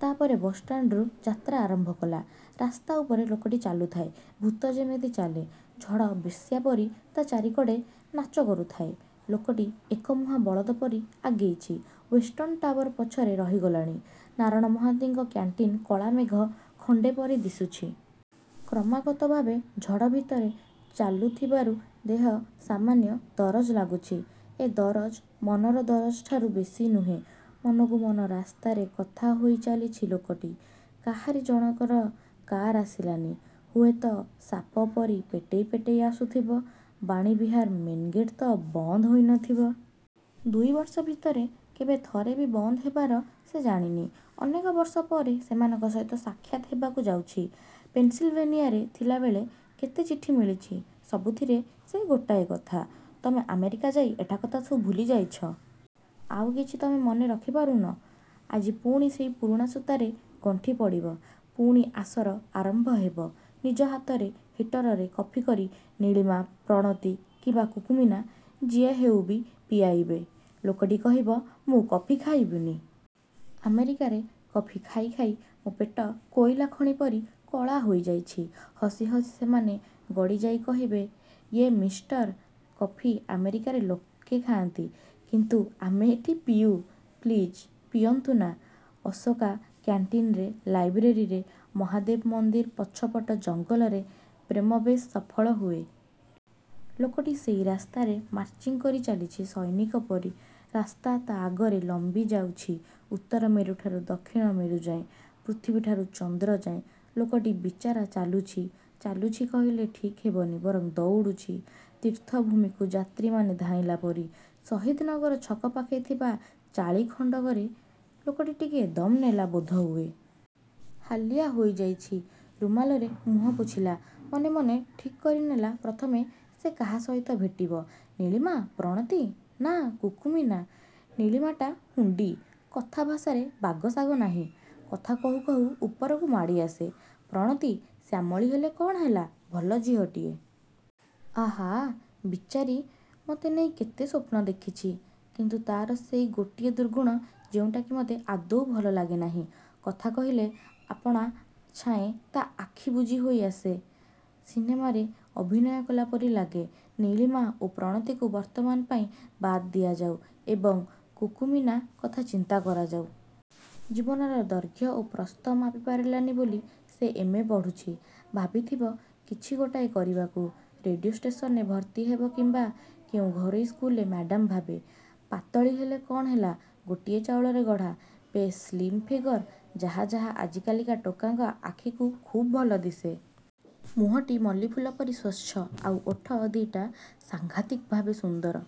ତା'ପରେ ବସ୍ଷ୍ଟାଣ୍ଡରୁ ଯାତ୍ରା ଆରମ୍ଭ କଲା। ରାସ୍ତା ଉପରେ ଲୋକଟି ଚାଲୁଥାଏ। ଭୂତ ଯେମିତି ଚାଲେ। ଝଡ଼ ବେଶ୍ୟାପରି ତା' ଚାରିକଡ଼େ ନାଚ କରୁଥାଏ। ଲୋକଟି ଏକମୁହାଁ ବଳଦ ପରି ଆଗେଇଛି। ଓ୍ୱେଷ୍ଟର୍ଣ୍ଣ ଟାଓ୍ୱାର ପଛରେ ରହିଗଲାଣି। ନାରଣ ମହାନ୍ତିଙ୍କ କ୍ୟାଣ୍ଟିନ୍ କଳାମେଘ ଖଣ୍ଡେ ପରି ଦିଶୁଛି। କ୍ରମାଗତ ଭାବେ ଝଡ଼ ଭିତରେ ଚାଲୁଥିବାରୁ ଦେହ ସାମାନ୍ୟ ଦରଜ ଲାଗୁଛି। ଏ ଦରଜ ମନର ଦରଜଠାରୁ ବେଶୀନୁହେଁ। ମନକୁ ମନ ରାସ୍ତାରେ କଥା ହୋଇଚାଲିଛି ଲୋକଟି। କାହାରି ଜଣକର କାର୍ ଆସିଲାନି। ହୁଏତ ସାପ ପରି ପେଟେଇ ପେଟେଇ ଆସୁଥିବ। ବାଣୀବିହାର ମେନଗେଟ୍ ତ ବନ୍ଦ ହୋଇ ନଥିବ। ଦୁଇ ବର୍ଷ ଭିତରେ କେବେ ଥରେ ବି ବନ୍ଦ ହେବାର ସେ ଜାଣିନି। ଅନେକ ବର୍ଷ ପରେ ସେମାନଙ୍କ ସହିତ ସାକ୍ଷାତ ହେବାକୁ ଯାଉଛି। ପେନ୍ସିଲ୍-ଭେନିଆରେ ଥିଲାବେଳେ କେତେ ଚିଠି ମିଳିଛି। ସବୁଥିରେ ସେଇ ଗୋଟାଏ କଥା 'ତମେ ଆମେରିକା ଯାଇ ଏଠା କଥା ସବୁ ଭୁଲିଯାଇଛ। ଆଉ କିଛି ତମେ ମନେ ରଖି ପାରୁନ। '' ଆଜି ପୁଣି ସେଇ ପୁରୁଣା ସୂତାରେ ଗଣ୍ଠି ପଡ଼ିବ। ପୁଣି ଆସର ଆରମ୍ଭ ହେବ। ନିଜ ହାତରେ ହିଟରରେ କଫିକରି ନୀଳିମା, ପ୍ରଣତୀ କିମ୍ବା କୁକୁମୀନା ଯିଏ ହେଉବି ପିଆଇବେ। ଲୋକଟି କହିବ, ମୁଁ କଫି ଖାଇବିନି। ଆମେରିକାରେ କଫି ଖାଇ ଖାଇ ମୋ ପେଟ କୋଇଲା ଖଣି ପରି କଳା ହୋଇଯାଇଛି-। ହସି ହସି ସେମାନେ ଗଡ଼ିଯାଇ କହିବେ, ''ୟେ ମିଷ୍ଟର; କଫି ଆମେରିକାରେ ଲୋକେ ଖାଆନ୍ତି, କିନ୍ତୁ ଆମେ ଏଠି ପିଉ। ପ୍ଲିଜ; ପିଅନ୍ତୁ ନା! ଅଶୋକା କ୍ୟାଣ୍ଟିନରେ ଲାଇବ୍ରେରିରେ, ମହାଦେବ ମନ୍ଦିର ପଛପଟ ଜଙ୍ଗଲରେ ପ୍ରେମ ବେଶ୍ ସଫଳ ହୁଏ। ଲୋକଟି ସେଇ ରାସ୍ତାରେ ମାର୍ଚ୍ଚିଂକରି ଚାଲିଛି ସୈନିକ ପରି। ରାସ୍ତା ତା' ଆଗରେ ଲମ୍ବିଯାଉଛି ଉତ୍ତର ମେରୁଠାରୁ ଦକ୍ଷିଣ ମେରୁଯାଏଁ-। ପୃଥିବୀଠାରୁ ଚନ୍ଦ୍ରଯାଏଁ। ଲୋକଟି ବିଚାରା ଚାଲୁଛି। ଚାଲୁଛି କହିଲେ ଠିକ୍ ହେବନି-। ବରଂ ଦୌଡ଼ୁଛି। ତୀର୍ଥଭୂମିକୁ ଯାତ୍ରୀମାନେ ଧାଇଁଲା ପରି। ଶହୀଦନଗର ଛକ ପାଖେ ଥିବା ଚାଳି ଖଣ୍ଡକରେ ଲୋକଟି ଟିକିଏ ଦମ୍ ନେଲା ବୋଧହୁଏ। ହାଲିଆ ହୋଇଯାଇଛି। ରୁମାଲରେ ମୁହଁ ପୋଛିଲା। ମନେମନେ ଠିକ୍ କରିନେଲା ପ୍ରଥମେ ସେ କାହା ସହିତ ଭେଟିବ। ନୀଳିମା, ପ୍ରଣତୀ ନାଁ କୁକୁମୀନା? ନୀଳିମାଟା ହୁଣ୍ଡି, କଥାଭାଷାରେ ବାଗସାଗ ନାହିଁ। କଥା କହୁକହୁ ଉପରକୁ ମାଡ଼ିଆସେ। ପ୍ରଣତୀ ଶ୍ୟାମଳୀ ହେଲେ କ'ଣ ହେଲା, ଭଲ ଝିଅଟିଏ। ଆହାଃ, ବିଚାରୀ ମତେ ନେଇ କେତେ ସ୍ୱପ୍ନ ଦେଖିଛି। କିନ୍ତୁ ତା'ର ସେଇ ଗୋଟିଏ ଦୁର୍ଗୁଣ, ଯେଉଁଟାକି ମତେ ଆଦୌ ଭଲ ଲାଗେନାହିଁ। କଥା କହିଲେ ଆପଣା ଛାଏଁ ତା' ଆଖି ବୁଜି ହୋଇ ଆସେ। ସିନେମାରେ ଅଭିନୟ କଲାପରି ଲାଗେ। ନୀଳିମା ଓ ପ୍ରଣତୀକୁ ବର୍ତ୍ତମାନ ପାଇଁ ବାଦ୍ ଦିଆଯାଉ ଏବଂ କୁକୁମୀନା କଥା ଚିନ୍ତା କରାଯାଉ। ଜୀବନର ଦୈର୍ଘ୍ୟ ଓ ପ୍ରସ୍ଥ ମାପି ପାରିଲାନି ବୋଲି ସେ ଏମ୍. ଏ ପଢ଼ୁଛି। ଭାବିଥିବ କିଛି ଗୋଟାଏ କରିବାକୁ। ରେଡ଼ିଓ ଷ୍ଟେସନରେ ଭର୍ତ୍ତି ହେବ କିମ୍ବା କେଉଁ ଘରୋଇ ସ୍କୁଲରେ ମ୍ୟାଡମ୍ ଭାବେ। ପାତଳୀ ହେଲେ କ'ଣ ହେଲା; ଗୋଟିଏ ଚାଉଳରେ ଗଢ଼ା। ବେଶ୍ ସ୍ଳିମ୍ ଫିଗର; ଯାହା ଯାହା ଆଜିକାଲିକା ଟୋକାଙ୍କ ଆଖିକୁ ଖୁବ୍ ଭଲ ଦିଶେ। ମୁହଁଟି ମଲ୍ଲୀଫୁଲ ପରି ସ୍ୱଚ୍ଛ, ଆଉ ଓଠ ଦିଟା ସାଂଘାତିକ ଭାବେ ସୁନ୍ଦର।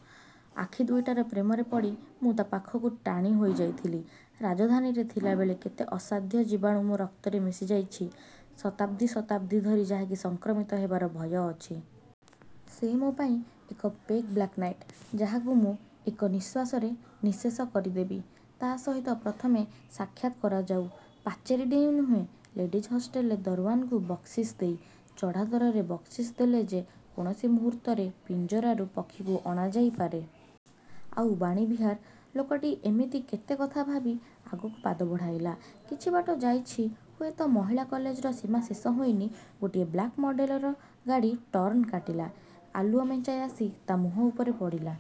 ଆଖି ଦୁଇଟାର ପ୍ରେମରେ ପଡ଼ି ମୁଁ ତା' ପାଖକୁ ଟାଣି ହୋଇ ଯାଇଥିଲି। ରାଜଧାନୀରେ ଥିଲାବେଳେ କେତେ ଅସାଧ୍ୟ ଜୀବାଣୁ ମୋ ରକ୍ତରେ ମିଶିଯାଇଛି। ଶତାବ୍ଦୀ ଶତାବ୍ଦୀ ଧରି ଯାହା କି ସଂକ୍ରମିତ ହେବାର ଭୟ ଅଛି। ସେ ମୋ ପାଇଁ ଏକ ପେଗ୍ ବ୍ଲାକ୍ନାଇଟ୍, ଯାହାକୁ ମୁଁ ଏକ ନିଃଶ୍ୱାସରେ ନିଃଶେଷ କରିଦେବି। ତା' ସହିତ ପ୍ରଥମେ ସାକ୍ଷାତ କରାଯାଉ। ପାଚେରୀ ଡେଇଁ ନୁହେଁ। ଲେଡ଼ିଜ୍ ହଷ୍ଟେଲରେ ଦରଓ୍ୱାନକୁ ବକ୍ସିସ ଦେଇ। ଚଢ଼ାଦରରେ ବକ୍ସିସ ଦେଲେ ଯେ କୌଣସି ମୁହୂର୍ତ୍ତରେ ପିଞ୍ଜରାରୁ ପକ୍ଷୀକୁ ଅଣାଯାଇ ପାରେ। ଆଉ ବାଣୀବିହାର। ଲୋକଟି ଏମିତି କେତେ କଥା ଭାବି ଆଗକୁ ପାଦ ବଢ଼ାଇଲା। କିଛି ବାଟ ଯାଇଛି, ହୁଏତ ମହିଳା କଲେଜର ସୀମା ଶେଷ ହୋଇନି, ଗୋଟିଏ ବ୍ଲାକ ମଡେଲର ଗାଡ଼ି ଟର୍ଣ୍ଣ କାଟିଲା। ଆଲୁଅ ମେଞ୍ଚାଏ ଆସି ତା' ମୁହଁ ଉପରେ ପଡ଼ିଲା।